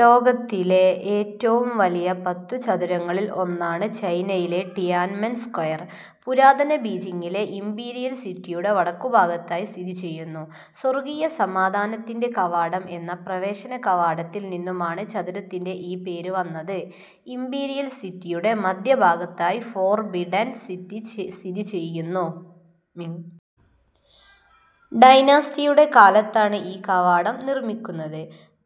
ലോകത്തിലെ ഏറ്റവും വലിയ പത്തു ചത്വരങ്ങളിൽ ഒന്നാണ് ചൈനയിലെ ടിയാനൻമെൻ സ്ക്വയർ. പുരാതന ബീജിങ്ങിലെ ഇമ്പീരിയൽ സിറ്റിയുടെ വടക്കുഭാഗത്തായി സ്ഥിതി ചെയ്യുന്നു. സ്വർഗീയ സമാധാനത്തിൻ്റെ കവാടം എന്ന പ്രവേശന കവാടത്തിൽ നിന്നുമാണ് ചത്വരത്തിന് ഈ പേര് വന്നത്. ഇമ്പീരിയൽ സിറ്റിയുടെ മധ്യഭാഗത്തായി ഫോർബിഡൻ സിറ്റി സ്ഥിതി ചെയ്യുന്നു. മിംഗ് ഡൈനാസ്റ്റിയുടെ കാലത്താണ് ഈ കവാടം നിർമ്മിക്കുന്നത്.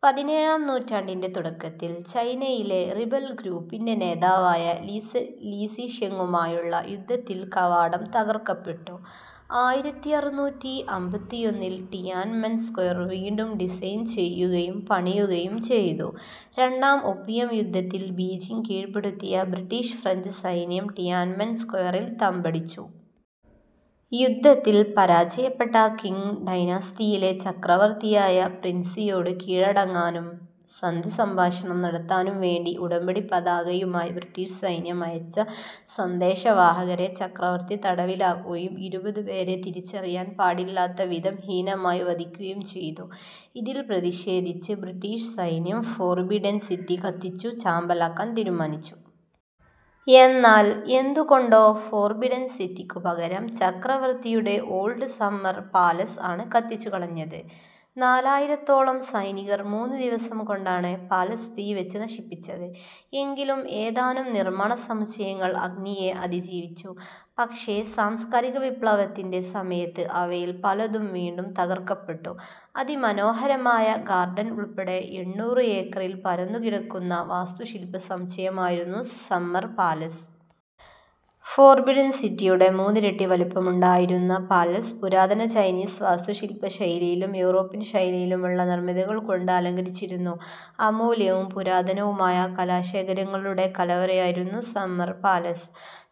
പതിനേഴാം നൂറ്റാണ്ടിൻ്റെ തുടക്കത്തിൽ ചൈനയിലെ റിബൽ ഗ്രൂപ്പിൻ്റെ നേതാവായ ലി ശീശേ സീഷെങ്ങുമായുള്ള യുദ്ധത്തിൽ കവാടം തകർക്കപ്പെട്ടു. ആയിരത്തി അറുന്നൂറ്റി അമ്പത്തിയൊന്നിൽ ടിയാനൻമെൻ സ്ക്വയർ വീണ്ടും ഡിസൈൻ ചെയ്യുകയും പണിയുകയും ചെയ്തു.രണ്ടാം ഒപ്പിയം യുദ്ധത്തിൽ ബീജിങ് കീഴ്പ്പെടുത്തിയ ബ്രിട്ടീഷ് ഫ്രഞ്ച് സൈന്യം ടിയാനൻമെൻ സ്ക്വയറിൽ തമ്പടിച്ചു. യുദ്ധത്തിൽ പരാജയപ്പെട്ട ക്വിങ് ഡൈനാസ്റ്റിയിലെ ചക്രവർത്തിയായ പ്രിൻസ് യിയോട് കീഴടങ്ങാനും സന്ധിസംഭാഷണം നടത്താനും വേണ്ടി ഉടമ്പടി പതാകയുമായി ബ്രിട്ടീഷ് സൈന്യം അയച്ച സന്ദേശവാഹകരെ ചക്രവർത്തി തടവിലാക്കുകയും ഇരുപത് പേരെ തിരിച്ചറിയാൻ പാടില്ലാത്തവിധം ഹീനമായി വധിക്കുകയും ചെയ്തു. ഇതിൽ പ്രതിഷേധിച്ച് ബ്രിട്ടീഷ് സൈന്യം ഫോർബിഡൻ സിറ്റി കത്തിച്ചു ചാമ്പലാക്കാൻ തീരുമാനിച്ചു. എന്നാൽ എന്തുകൊണ്ടോ ഫോർബിഡൻ സിറ്റിക്കു പകരം ചക്രവർത്തിയുടെ ഓൾഡ് സമ്മർ പാലസ് ആണ് കത്തിച്ചുകളഞ്ഞത്. നാലായിരത്തോളം സൈനികർ മൂന്ന് ദിവസം കൊണ്ടാണ് പാലസ് തീവെച്ച് നശിപ്പിച്ചത്. എങ്കിലും ഏതാനും നിർമ്മാണസമുച്ചയങ്ങൾ അഗ്നിയെ അതിജീവിച്ചു. പക്ഷേ സാംസ്കാരിക വിപ്ലവത്തിൻ്റെ സമയത്ത് അവയിൽ പലതും വീണ്ടും തകർക്കപ്പെട്ടു. അതിമനോഹരമായ ഗാർഡൻ ഉൾപ്പെടെ എണ്ണൂറ് ഏക്കറിൽ പരന്നുകിടക്കുന്ന വാസ്തുശില്പ സമുച്ചയമായിരുന്നു സമ്മർ പാലസ്. ഫോർബിഡൻ സിറ്റിയുടെ മൂന്നിരട്ടി വലുപ്പമുണ്ടായിരുന്ന പാലസ് പുരാതന ചൈനീസ് വാസ്തുശില്പശൈലിയിലും യൂറോപ്യൻ ശൈലിയിലുമുള്ള നിർമ്മിതികൾ കൊണ്ട് അലങ്കരിച്ചിരുന്നു. അമൂല്യവും പുരാതനവുമായ കലാശേഖരങ്ങളുടെ കലവറയായിരുന്നു സമ്മർ പാലസ്.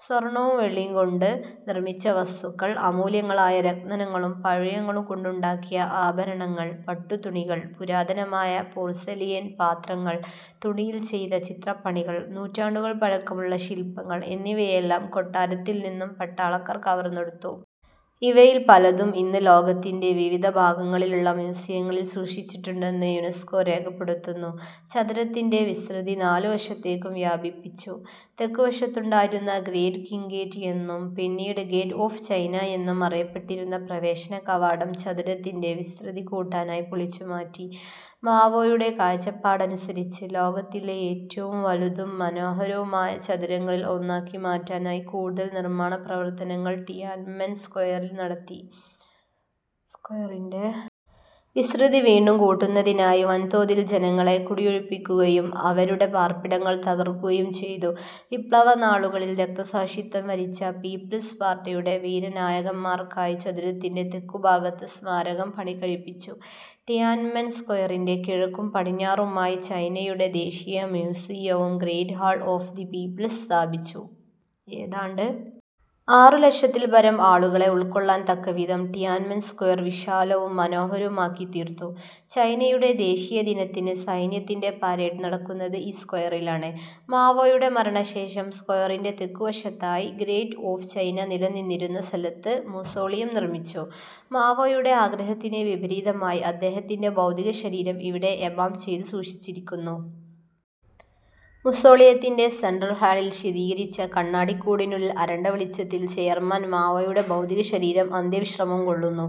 സ്വർണവും വെള്ളിയും കൊണ്ട് നിർമ്മിച്ച വസ്തുക്കൾ, അമൂല്യങ്ങളായ രത്നങ്ങളും പവിഴങ്ങളും കൊണ്ടുണ്ടാക്കിയ ആഭരണങ്ങൾ, പട്ടുതുണികൾ, പുരാതനമായ പോർസലെയിൻ പാത്രങ്ങൾ, തുണിയിൽ ചെയ്ത ചിത്രപ്പണികൾ, നൂറ്റാണ്ടുകൾ പഴക്കമുള്ള ശിൽപ്പങ്ങൾ എന്നിവയെല്ലാം കൊട്ടാരത്തിൽനിന്നും പട്ടാളക്കാർ കവർന്നെടുത്തു. ഇവയിൽ പലതും ഇന്ന് ലോകത്തിൻ്റെ വിവിധ ഭാഗങ്ങളിലുള്ള മ്യൂസിയങ്ങളിൽ സൂക്ഷിച്ചിട്ടുണ്ടെന്ന് യുനെസ്കോ രേഖപ്പെടുത്തുന്നു. ചത്വരത്തിൻ്റെ വിസ്തൃതി നാലു വശത്തേക്കും വ്യാപിപ്പിച്ചു. തെക്കുവശത്തുണ്ടായിരുന്ന ഗ്രേറ്റ് ക്വിങ് ഗേറ്റ് എന്നും പിന്നീട് ഗേറ്റ് ഓഫ് ചൈന എന്നും അറിയപ്പെട്ടിരുന്ന പ്രവേശന കവാടം ചത്വരത്തിൻ്റെ വിസ്തൃതി കൂട്ടാനായി പൊളിച്ചുമാറ്റി. മാവോയുടെ കാഴ്ചപ്പാടനുസരിച്ച് ലോകത്തിലെ ഏറ്റവും വലുതും മനോഹരവുമായ ചത്വരങ്ങളിൽ ഒന്നാക്കി മാറ്റാനായി കൂടുതൽ നിർമ്മാണപ്രവർത്തനങ്ങൾ ടിയാനൻമെൻ സ്ക്വയറിൽ നടത്തി. സ്ക്വയറിൻ്റെ വിസ്തൃതി വീണ്ടും കൂട്ടുന്നതിനായി വൻതോതിൽ ജനങ്ങളെ കുടിയൊഴിപ്പിക്കുകയും അവരുടെ പാർപ്പിടങ്ങൾ തകർക്കുകയും ചെയ്തു. വിപ്ലവനാളുകളിൽ രക്തസാക്ഷിത്വം വരിച്ച പീപ്പിൾസ് പാർട്ടിയുടെ വീരനായകന്മാർക്കായി ചത്വരത്തിൻ്റെ തെക്കുഭാഗത്ത് സ്മാരകം പണികഴിപ്പിച്ചു. ടിയാനൻമെൻ സ്ക്വയറിൻ്റെ കിഴക്കും പടിഞ്ഞാറുമായി ചൈനയുടെ ദേശീയ മ്യൂസിയവും ഗ്രേറ്റ് ഹാൾ ഓഫ് ദി പീപ്പിൾസും സ്ഥാപിച്ചു. ഏതാണ്ട് ആറു ലക്ഷത്തിൽപരം ആളുകളെ ഉൾക്കൊള്ളാൻ തക്കവിധം ടിയാനൻമെൻ സ്ക്വയർ വിശാലവും മനോഹരവുമാക്കിത്തീർത്തു. ചൈനയുടെ ദേശീയ ദിനത്തിന് സൈന്യത്തിൻ്റെ പരേഡ് നടക്കുന്നത് ഈ സ്ക്വയറിലാണ്. മാവോയുടെ മരണശേഷം സ്ക്വയറിൻ്റെ തെക്കുവശത്തായി, ഗേറ്റ് ഓഫ് ചൈന നിലനിന്നിരുന്ന സ്ഥലത്ത് മുസോളിയം നിർമ്മിച്ചു. മാവോയുടെ ആഗ്രഹത്തിന് വിപരീതമായി അദ്ദേഹത്തിൻ്റെ ഭൗതികശരീരം ഇവിടെ എംബാം ചെയ്തു സൂക്ഷിച്ചിരിക്കുന്നു. മുസോളിയത്തിൻ്റെ സെൻട്രൽ ഹാളിൽ ശീതീകരിച്ച കണ്ണാടിക്കൂടിനുള്ളിൽ അരണ്ട വെളിച്ചത്തിൽ ചെയർമാൻ മാവോയുടെ ഭൗതികശരീരം അന്ത്യവിശ്രമം കൊള്ളുന്നു.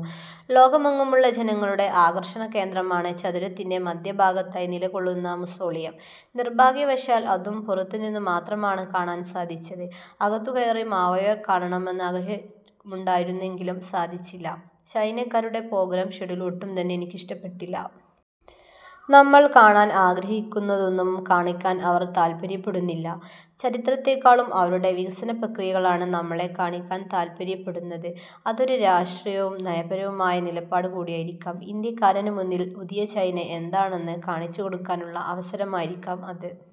ലോകമെങ്ങുമുള്ള ജനങ്ങളുടെ ആകർഷണകേന്ദ്രമാണ് ചത്വരത്തിൻ്റെ മധ്യഭാഗത്തായി നിലകൊള്ളുന്ന മുസോളിയം. നിർഭാഗ്യവശാൽ അതും പുറത്തുനിന്നു മാത്രമാണ് കാണാൻ സാധിച്ചത്. അകത്തു കയറി മാവോയെ കാണണമെന്ന് ആഗ്രഹമുണ്ടായിരുന്നെങ്കിലും സാധിച്ചില്ല. ചൈനക്കാരുടെ പ്രോഗ്രാം ഷെഡ്യൂൾ ഒട്ടുംതന്നെ എനിക്കിഷ്ടപ്പെട്ടില്ല. നമ്മൾ കാണാൻ ആഗ്രഹിക്കുന്നതൊന്നും കാണിക്കാൻ അവർ താൽപ്പര്യപ്പെടുന്നില്ല. ചരിത്രത്തേക്കാളും അവരുടെ വികസനപ്രക്രിയകളാണ് നമ്മളെ കാണിക്കാൻ താൽപ്പര്യപ്പെടുന്നത്. അതൊരു രാഷ്ട്രീയവും നയപരവുമായ നിലപാട് കൂടിയായിരിക്കാം. ഇന്ത്യക്കാരന് മുന്നിൽ പുതിയ ചൈന എന്താണെന്ന് കാണിച്ചുകൊടുക്കാനുള്ള അവസരമായിരിക്കാം അത്.